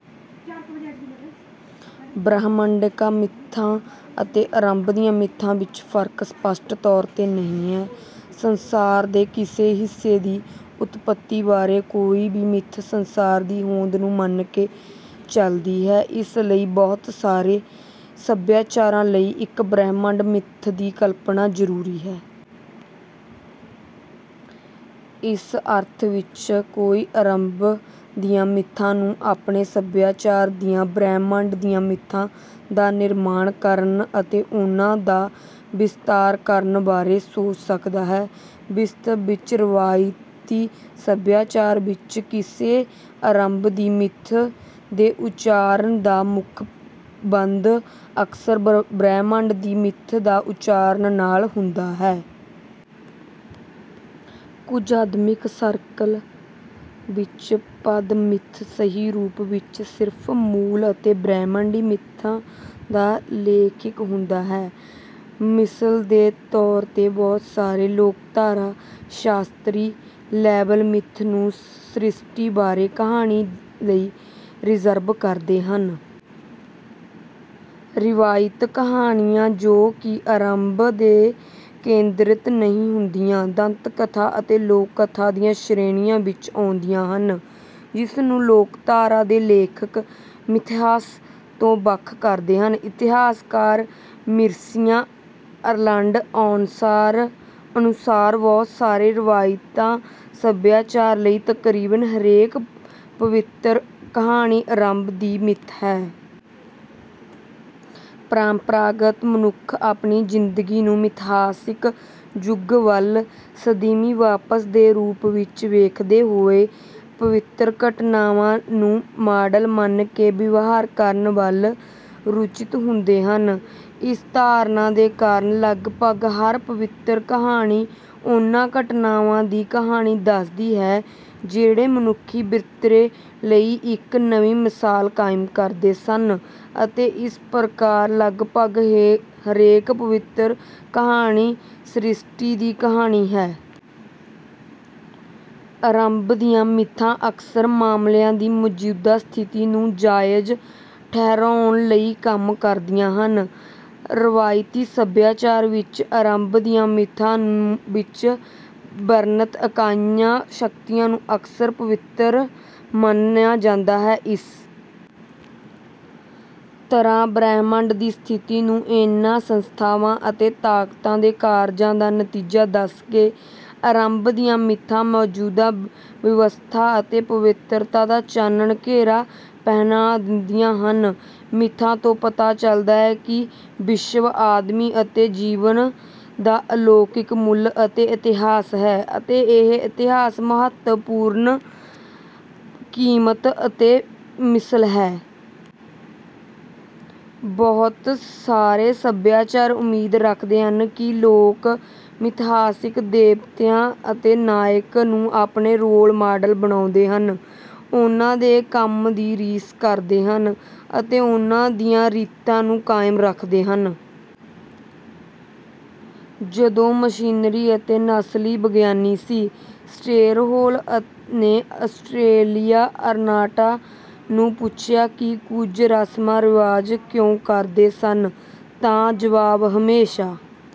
ਬ੍ਰਹਿਮੰਡਕ ਮਿੱਥਾਂ ਅਤੇ ਆਰੰਭ ਦੀਆਂ ਮਿੱਥਾਂ ਵਿੱਚ ਫਰਕ ਸਪੱਸ਼ਟ ਤੌਰ ਤੇ ਨਹੀਂ ਹੈ। ਸੰਸਾਰ ਦੇ ਕਿਸੇ ਹਿੱਸੇ ਦੀ ਉਤਪਤੀ ਬਾਰੇ ਕੋਈ ਵੀ ਮਿੱਥ ਸੰਸਾਰ ਦੀ ਹੋਂਦ ਨੂੰ ਮੰਨ ਕੇ ਚੱਲਦੀ ਹੈ। ਇਸ ਲਈ ਬਹੁਤ ਸਾਰੇ ਸਭਿਆਚਾਰਾਂ ਲਈ, ਇੱਕ ਬ੍ਰਹਿਮੰਡ ਮਿੱਥ ਦੀ ਕਲਪਨਾ ਜ਼ਰੂਰੀ ਹੈ। ਇਸ ਅਰਥ ਵਿੱਚ, ਕੋਈ ਆਰੰਭ ਦੀਆਂ ਮਿੱਥਾਂ ਨੂੰ ਆਪਣੇ ਸਭਿਆਚਾਰਾਂ ਦੀਆਂ 'ਬ੍ਰਹਿਮੰਡ ਦੀਆਂ ਮਿੱਥਾਂ' ਦਾ ਨਿਰਮਾਣ ਕਰਨ ਅਤੇ ਉਨ੍ਹਾਂ ਦਾ ਵਿਸਤਾਰ ਕਰਨ ਬਾਰੇ ਸੋਚ ਸਕਦਾ ਹੈ। ਵਾਸਤਵ ਵਿੱਚ, ਰਵਾਇਤੀ ਸਭਿਆਚਾਰਾਂ ਵਿੱਚ, ਕਿਸੇ ਆਰੰਭ ਦੀ ਮਿੱਥ ਦੇ ਉਚਾਰਨ ਦਾ ਮੁੱਖਬੰਧ ਅਕਸਰ ਬ੍ਰਹਿਮੰਡ ਦੀ ਮਿੱਥ ਦੇ ਉਚਾਰਨ ਨਾਲ ਹੁੰਦਾ ਹੈ। ਕੁਝ ਅਕਾਦਮਿਕ ਸਰਕਲਾਂ ਵਿੱਚ, ਪਦ "ਮਿੱਥ" ਸਹੀ ਰੂਪ ਵਿੱਚ ਸਿਰਫ ਮੂਲ ਅਤੇ ਬ੍ਰਹਿਮੰਡੀ ਮਿੱਥਾਂ ਦਾ ਲਖਾਇਕ ਹੁੰਦਾ ਹੈ। ਮਿਸਾਲ ਦੇ ਤੌਰ ਤੇ, ਬਹੁਤ ਸਾਰੇ ਲੋਕਧਾਰਾ ਸ਼ਾਸਤਰੀ ਲੇਬਲ "ਮਿੱਥ" ਨੂੰ ਸ੍ਰਿਸ਼ਟੀ ਬਾਰੇ ਕਹਾਣੀ ਲਈ ਰਿਜ਼ਰਵ ਕਰਦੇ ਹਨ। ਰਵਾਇਤੀ ਕਹਾਣੀਆਂ, ਜੋ ਕਿ ਆਰੰਭ 'ਤੇ ਕੇਂਦਰਿਤ ਨਹੀਂ ਹੁੰਦੀਆਂ, 'ਦੰਤਕਥਾ' ਅਤੇ 'ਲੋਕ ਕਥਾ' ਦੀਆਂ ਸ਼੍ਰੇਣੀਆਂ ਵਿੱਚ ਆਉਂਦੀਆਂ ਹਨ, ਜਿਸਨੂੰ ਲੋਕਧਾਰਾ ਦੇ ਲੇਖਕ ਮਿਥਿਹਾਸ ਤੋਂ ਵੱਖ ਕਰਦੇ ਹਨ। ਇਤਿਹਾਸਕਾਰ ਮਿਰਸੀਆ ਅਲੀਡੇ ਅਨੁਸਾਰ, ਬਹੁਤ ਸਾਰੇ ਰਵਾਇਤੀ ਸੱਭਿਆਚਾਰਾਂ ਲਈ, ਤਕਰੀਬਨ ਹਰੇਕ ਪਵਿੱਤਰ ਕਹਾਣੀ ਆਰੰਭ ਦੀ ਮਿੱਥ ਹੈ। ਪਰੰਪਰਾਗਤ ਮਨੁੱਖ ਆਪਣੀ ਜ਼ਿੰਦਗੀ ਨੂੰ ਮਿਥਿਹਾਸਿਕ ਯੁੱਗ ਵੱਲ "ਸਦੀਵੀ ਵਾਪਸ " ਦੇ ਰੂਪ ਵਿੱਚ ਵੇਖਦੇ ਹੋਏ ਪਵਿੱਤਰ ਘਟਨਾਵਾਂ ਨੂੰ ਮਾਡਲ ਮੰਨ ਕੇ ਵਿਵਹਾਰ ਕਰਨ ਵੱਲ ਰੁਚਿਤ ਹੁੰਦੇ ਹਨ। ਇਸ ਧਾਰਨਾ ਦੇ ਕਾਰਨ, ਲਗਭਗ ਹਰ ਪਵਿੱਤਰ ਕਹਾਣੀ ਉਹਨਾਂ ਘਟਨਾਵਾਂ ਦੀ ਕਹਾਣੀ ਦੱਸਦੀ ਹੈ ਜਿਹੜੀਆਂ ਮਨੁੱਖੀ ਵਤੀਰੇ ਲਈ ਇੱਕ ਨਵੀਂ ਮਿਸਾਲ ਕਾਇਮ ਕਰਦੀਆਂ ਸਨ, ਅਤੇ ਇਸ ਪ੍ਰਕਾਰ ਲਗਭਗ ਹਰੇਕ ਪਵਿੱਤਰ ਕਹਾਣੀ ਸ੍ਰਿਸ਼ਟੀ ਦੀ ਕਹਾਣੀ ਹੈ। ਆਰੰਭ ਦੀਆਂ ਮਿੱਥਾਂ ਅਕਸਰ ਮਾਮਲਿਆਂ ਦੀ ਮੌਜੂਦਾ ਸਥਿਤੀ ਨੂੰ ਜਾਇਜ਼ ਠਹਿਰਾਉਣ ਲਈ ਕੰਮ ਕਰਦੀਆਂ ਹਨ। ਰਵਾਇਤੀ ਸੱਭਿਆਚਾਰਾਂ ਵਿੱਚ, ਆਰੰਭ ਦੀਆਂ ਮਿੱਥਾਂ ਵਿੱਚ ਵਰਣਿਤ ਇਕਾਈਆਂ ਅਤੇ ਸ਼ਕਤੀਆਂ ਨੂੰ ਅਕਸਰ ਪਵਿੱਤਰ ਮੰਨਿਆ ਜਾਂਦਾ ਹੈ। ਇਸ ਤਰ੍ਹਾਂ ਬ੍ਰਹਿਮੰਡ ਦੀ ਸਥਿਤੀ ਨੂੰ ਇਹਨਾਂ ਸੰਸਥਾਵਾਂ ਅਤੇ ਤਾਕਤਾਂ ਦੇ ਕਾਰਜਾਂ ਦਾ ਨਤੀਜਾ ਦੱਸ ਕੇ ਆਰੰਭ ਦੀਆਂ ਮਿੱਥਾਂ ਮੌਜੂਦਾ ਵਿਵਸਥਾ ਨੂੰ ਪਵਿੱਤਰਤਾ ਦਾ ਚਾਨਣ ਘੇਰਾ ਪਹਿਨਾ ਦਿੰਦੀਆਂ ਹਨ: "ਮਿੱਥਾਂ ਤੋਂ ਪਤਾ ਚਲਦਾ ਹੈ ਕਿ ਵਿਸ਼ਵ, ਆਦਮੀ ਅਤੇ ਜੀਵਨ ਦਾ ਅਲੌਕਿਕ ਮੂਲ ਅਤੇ ਇਤਿਹਾਸ ਹੈ ਅਤੇ ਇਹ ਇਤਿਹਾਸ ਮਹੱਤਵਪੂਰਣ, ਕੀਮਤੀ ਅਤੇ ਮਿਸਾਲੀ ਹੈ।" ਬਹੁਤ ਸਾਰੇ ਸਭਿਆਚਾਰ ਉਮੀਦ ਰੱਖਦੇ ਹਨ ਕਿ ਲੋਕ ਮਿਥਿਹਾਸਕ ਦੇਵਤਿਆਂ ਅਤੇ ਨਾਇਕਾਂ ਨੂੰ ਆਪਣੇ ਰੋਲ ਮਾਡਲ ਬਣਾਉਂਦੇ ਹਨ, ਉਹਨਾਂ ਦੇ ਕੰਮ ਦੀ ਰੀਸ ਕਰਦੇ ਹਨ ਅਤੇ ਉਹਨਾਂ ਦੀਆਂ ਰੀਤਾਂ ਨੂੰ ਕਾਇਮ ਰੱਖਦੇ ਹਨ। ਜਦੋਂ ਮਿਸ਼ਨਰੀ ਅਤੇ ਨਸਲੀ ਵਿਗਿਆਨੀ ਸੀ. ਸਟਰੇਹਲੋ ਨੇ ਆਸਟ੍ਰੇਲੀਆਈ ਅਰੂਨਟਾ ਨੂੰ ਪੁੱਛਿਆ ਕਿ ਉਹ ਕੁਝ ਰਸਮਾਂ ਰਿਵਾਜ ਕਿਉਂ ਕਰਦੇ ਸਨ, ਤਾਂ ਜਵਾਬ ਹਮੇਸ਼ਾਂ।